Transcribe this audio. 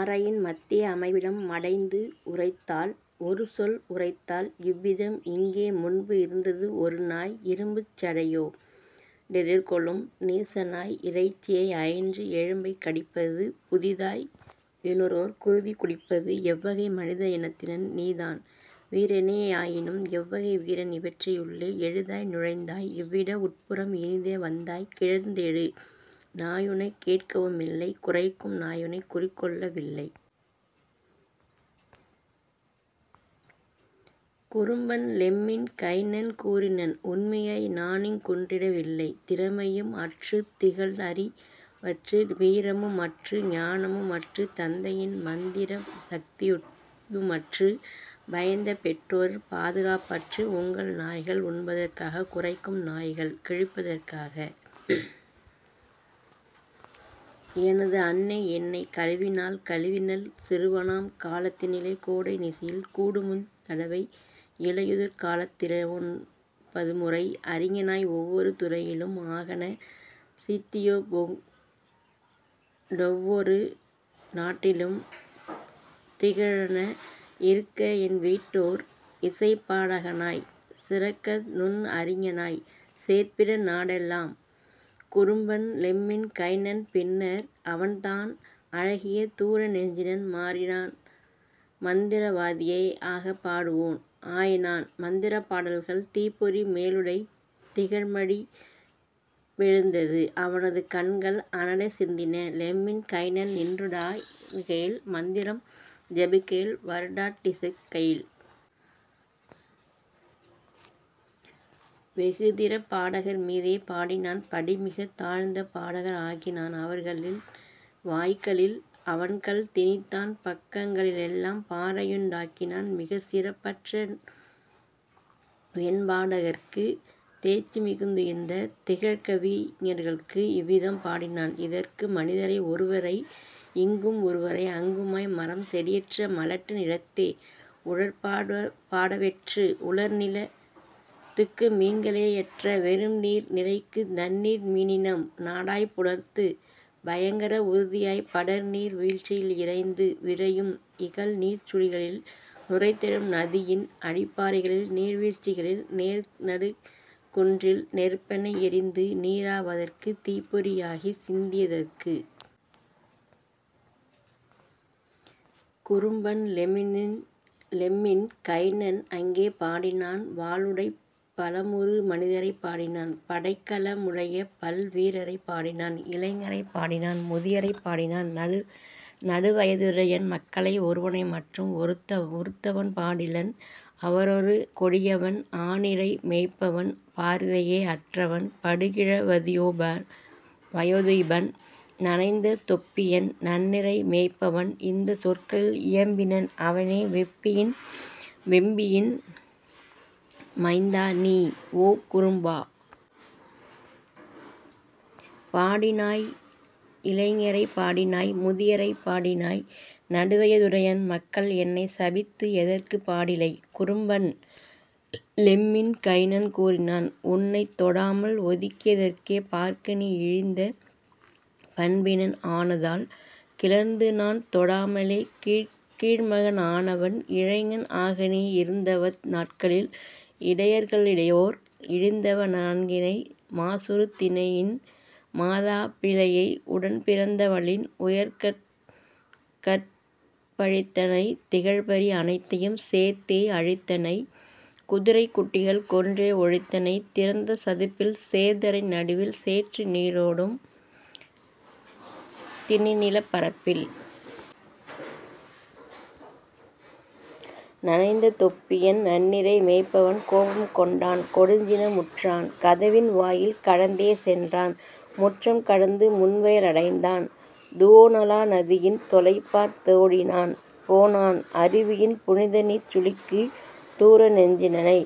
அறையின் மத்திய அமைவிடம் மடைந்து உரைத்தாள் ஒருசொல் உரைத்தாள் இவ்விதம்: "இங்கே முன்பு இருந்தது ஒருநாய் இரும்புச் சடையோ டெதிர்கொளும் நீசநாய் இறைச்சியை அயின்று எலும்பைக் கடிப்பது புதிதாய் வருவோர் குருதி குடிப்பது. எவ்வகை மனித இனத்தினன் நீதான் வீரனே யாயினும் எவ்வகை வீரன் இவ்வறை யுள்ளே எளிதாய் நுழைந்தாய் இவ்வில் உட்புறம் இனிதே வந்தாய் கிளர்ந்தெழு நாயுனைக் கேட்கவு மில்லை குரைக்கும் நாயுனைக் குறிகொள்ள வில்லை. " குறும்பன் லெம்மின் கைனன் கூறினன்: "உண்மையாய் நானிங் குற்றிட வில்லை திறமையும் அற்றுத் திகழ்அறி வற்று வீரமும் அற்று ஞானமும் அற்று தந்தையின் மந்திர சக்தியு மற்று பயந்தபெற் றோரின் பாதுகாப் பற்று உங்கள் நாய்கள் உண்பதற் காக குரைக்கும் நாய்கள் கிழிப்பதற் காக. எனது அன்னை என்னைக் கழுவினாள் கழுவினள் சிறுவனாம் காலத் தினிலே கோடை நிசியில் கூடுமுத் தடவை இலையுதிர் காலத் திரவொன் பதுமுறை அறிஞனாய் ஒவ்வொரு துறையிலும் ஆகென சீர்த்தியோ டொவ்வொரு நாட்டிலும் திகழென இருக்கஎன் வீட்டிலோர் இசைப்பா டகனாய் சிறக்கநுண் அறிஞனாய்ச் சேர்பிற நாடெலாம். " குறும்பன் லெம்மின் கைனன் பின்னர் அவன்தான் அழகிய தூர நெஞ்சினன் மாறினான் மந்திர வாதியே யாக பாடுவோன் ஆயினான் மந்திரப் பாடல்கள் தீப்பொறி மேலுடைத் திகழ்மடிப் பெழுந்தது அவனது கண்கள் அனலைச் சிந்தின லெம்மின் கைனன் நின்றுபா டுகையில் மந்திரம் செபிக்கையில் வருபாட் டிசைக்கையில். வெகுதிறற் பாடகர் மீதே பாடினான் படிமிகத் தாழ்ந்த பாடகர் ஆக்கினான் அவர்களின் வாய்களில் அவன்கல் திணித்தான் பக்கங் களிலெலாம் பாறையுண் டாக்கினான் மிகுசிறப் புற்ற வியன்பா டகற்கு தேர்ச்சிமிக் குயர்ந்து திகழ்கவி ஞர்க்கு. இவ்விதம் பாடினான் இத்தகு மனிதரை ஒருவரை இங்கும் ஒருவரை அங்குமாய் மரம் செடியற்ற மலட்டு நிலத்தே உழப் படாவெற்று உலர்நிலத் துக்கு மீன்களே யற்ற வெறும்நீர் நிலைக்கு நன்னீர் மீனினம் நாடாப் புலத்து பயங்கர உறுத்தியாப் படர்நீர் வீழ்ச்சியில் இரைந்து விரையும் இகல்நீர்ச் சுழிகளில் நுரைத்தெழும் நதியின் அடிப்பா றைகளில் நீர்வீழ்ச் சிகளின் நேர்நடுக் குன்றில் நெருப்பென எரிந்து நீறா வதற்கு தீப்பொறி யாகிச் சிந்தியே குதற்கு. குறும்பன் லெம்மின் கைனன் அங்கே பாடினான் வாளுடைப் பலமுறு மனிதரை பாடினான் படைக்கல முடையபல் வீரரை பாடினான் இளைஞரைப் பாடினான் முதியரை பாடினான் நடுவய துடையபன் மக்களை ஒருவனை மட்டுமே உருத்தவன் பாடிலன் அவனொரு கொடியவன் ஆநிரை மேய்ப்பவன் பார்வையே அற்றவன் படுகிழ வயோதிபன். நனைந்த தொப்பியன் நன்னிரை மேய்ப்பவன் இந்தச் சொற்களில் இயம்பினன் அவனே: "லெம்பியின் மைந்தா நீ, ஓ, குறும்பா! பாடினாய் இளைஞரைப் பாடினாய் முதியரை பாடினாய் நடுவய துடையபன் மக்களை என்னைச் சபித்து எதற்குப் பாடிலை? " குறும்பன் லெம்மின் கைனன் கூறினன்: "உன்னைத் தொடாமல் ஒதுக்கிய திதற்கே பார்க்கநீ இழிந்த பண்பினன் ஆனதால், கிளர்ந்துநான் தொடாமலே கீழ்மகன் ஆனவன்; இளைஞன் ஆகநீ இருந்தவந் நாட்களில் இடையர்க ளிடையோர் இழிந்தவ னாகினை மாசுறுத் தினைநின் மாதா பிள்ளையை உடன்பிறந் தவளின் உயர்கற் பழித்தனை திகழ்பரி அனைத்தையும் சேர்த்தே அழித்தனை குதிரைக் குட்டிகள் கொன்றே ஒழித்தனை திறந்த சதுப்பில் சேர்தரை நடுவில் சேற்று நீரோடும் திணிநிலப் பரப்பில். " நனைந்த தொப்பியன் நன்னிரை மேய்ப்பவன் கோபம் கொண்டான் கொடுஞ்சின முற்றான் கதவின் வாயில் கடந்தே சென்றான் முற்றம் கடந்து முன்வய லடைந்தான் துவோனலா நதியின் தொலைபார்த் தோடினான் போனான் அருவியின் புனிதநீர்ச் சுழிக்கு தூரநெஞ் சினனை